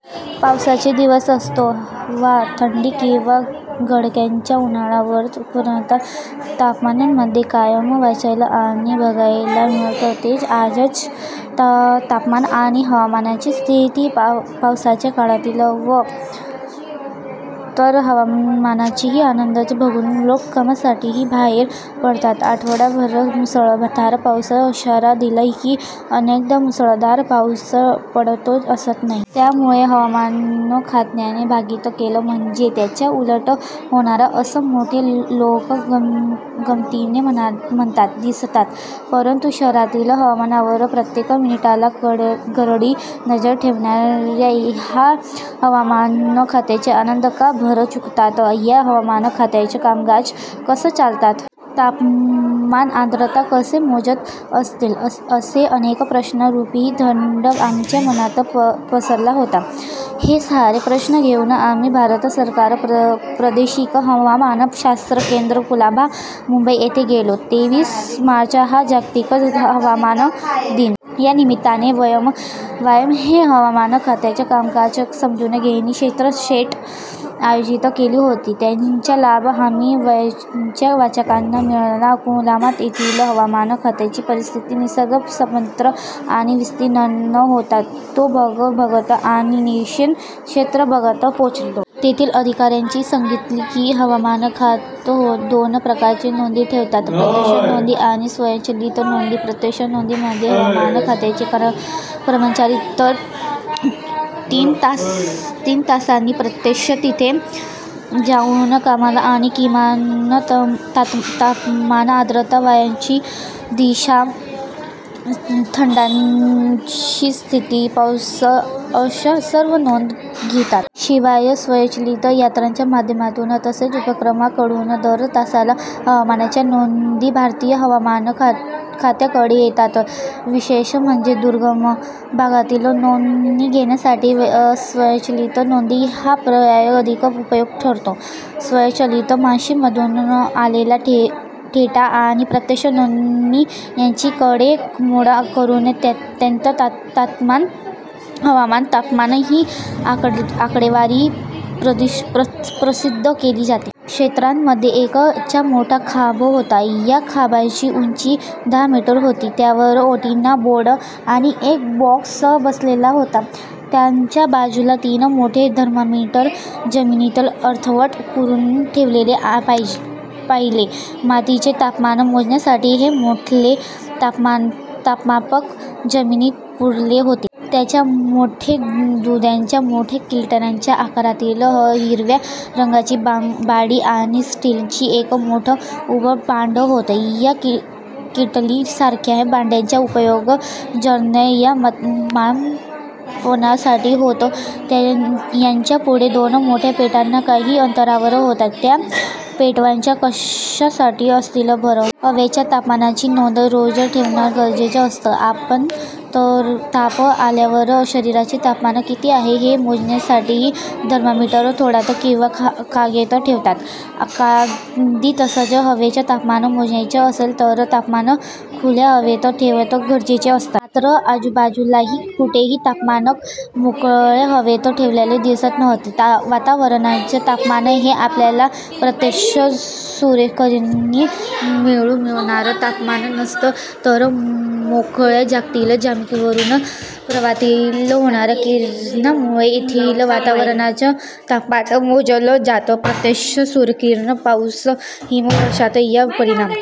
पावसाचे दिवस असोत, वा थंडी किंवा कडाक्याचा उन्हाळा, वृत्तपत्रात बातम्यांमध्ये कायम वाचायला आणि बघायला मिळतं ते आजचं तापमान आणि हवामानाची स्थिती. पावसाच्या काळात तर हवामानाचा अंदाज बघून लोक कामासाठी बाहेर पडतात. आठवडाभर मुसळधार पावसाचा इशारा दिला की, अनेकदा मुसळधार पाऊस पडतोच असं नाही. त्यामुळे हवामान खात्याने भाकीत केलं म्हणजे त्याच्या उलटच होणार, असं मोठे लोक गमतीने म्हणताना दिसतात. परंतु शहरातील हवामानावर प्रत्येक मिनिटाला करडी नजर ठेवणाऱ्या या हवामान खात्याचे अंदाज का बरं चुकतात? या हवामान खात्याचं कामकाज कसं चालतं? तापमान, आर्द्रता कसे मोजत असतील? असे अनेक प्रश्नरूपी ढग आमच्या मनात बरसत होते. हे सारे प्रश्न घेऊन आम्ही 'भारत सरकार प्रादेशिक हवामान शास्त्र केंद्र- कुलाबा, मुंबई' इथे गेलो. तेवीस मार्च हा जागतिक हवामान दिन. या निमित्ताने 'वयम्'ने हवामान खात्याचं कामकाज समजून घेणारी क्षेत्रभेट आयोजित केली होती. त्याचा लाभ आम्हां 'वयम्'च्या वाचकांना मिळाला. कुलाबा येथील हवामान खात्याचा परिसर निसर्गसंपन्न आणि विस्तीर्ण होता. तो बघत बघत आम्ही 'निरीक्षण क्षेत्र' भागात पोहोचलो. तेथील अधिकाऱ्यांनी सांगितलं की, हवामान खातं दोन प्रकारे नोंदी ठेवतं- प्रत्यक्ष नोंदी आणि स्वयंचलित नोंदी. प्रत्यक्ष नोंदीमध्ये हवामान खात्याचे कर्मचारी दर तीन तासांनी प्रत्यक्ष तिथे जाऊन कमाल आणि किमान तापमान, आर्द्रता, वाऱ्यांची दिशा, ढगांची स्थिती, पाऊस अशा सर्व नोंदी घेतात. शिवाय, स्वयंचलित यंत्राच्या माध्यमातून, तसेच उपग्रहाकडून दर तासाला हवामानाच्या नोंदी भारतीय हवामान खात्याकडे येतात. विशेष म्हणजे दुर्गम भागातील नोंदी घेण्यासाठी स्वयंचलित नोंदी हा पर्याय अधिक उपयुक्त ठरतो. स्वयंचलित मशीनमधून आलेला डेटा आणि प्रत्यक्ष नोंदी यांची आकडेमोड करून त्यानंतर हवामान, तापमान ही आकडेवारी प्रसिद्ध केली जाते. क्षेत्रामध्ये एक चा मोठा खांब होता. या खांबाची उंची दहा मीटर होती. त्यावर अँटीना, बोर्ड आणि एक बॉक्स बसवलेला होता. त्याच्या बाजूला तीन मोठे थर्मामीटर जमिनीत अर्धवट पुरून ठेवलेले पाहिले. मातीचे तापमान मोजण्यासाठी हे मोठाले तापमापक जमिनीत पुरले होते. त्याच्या पुढे दुधाच्या मोठ्या किटल्यांच्या आकारांतली हिरव्या रंगाची भांडी आणि स्टीलचं एक मोठं उभं भांडं होतं. या किटलीसारख्या भांड्यांचा उपयोग पर्जन्यमापनासाठी होतो. याच्यापुढे दोन मोठ्या पेट्या काही अंतरावर होत्या. त्या पेट्या कशासाठी असतील बरं? हवेच्या तापमानाची नोंद रोज ठेवणं गरजेचं असतं. ताप आल्यावर शरीराचं तापमान किती आहे हे मोजण्यासाठी थर्मामीटर तोंडात किंवा काखेत ठेवतात. अगदी तसंच, हवेचं तापमान मोजायचं असेल तर तापमापक खुल्या हवेत ठेवणं गरजेचं असतं. मात्र आजूबाजूलाही कुठे तापमापक मोकळ्या हवेत ठेवलेले दिसत नव्हते. वातावरणाचं तापमान हे आपल्याला प्रत्यक्ष सूर्यकिरणांमुळे मिळणारं तापमान नसतं; तर मोकळ्या जागेतील जमिनीवरून परावर्तीत होणाऱ्या किरणांमुळे तेथील वातावरणाचं तापमान मोजलं जातं. प्रत्यक्ष सूर्यकिरण, पाऊस, हिमवर्षाव यांचा परिणाम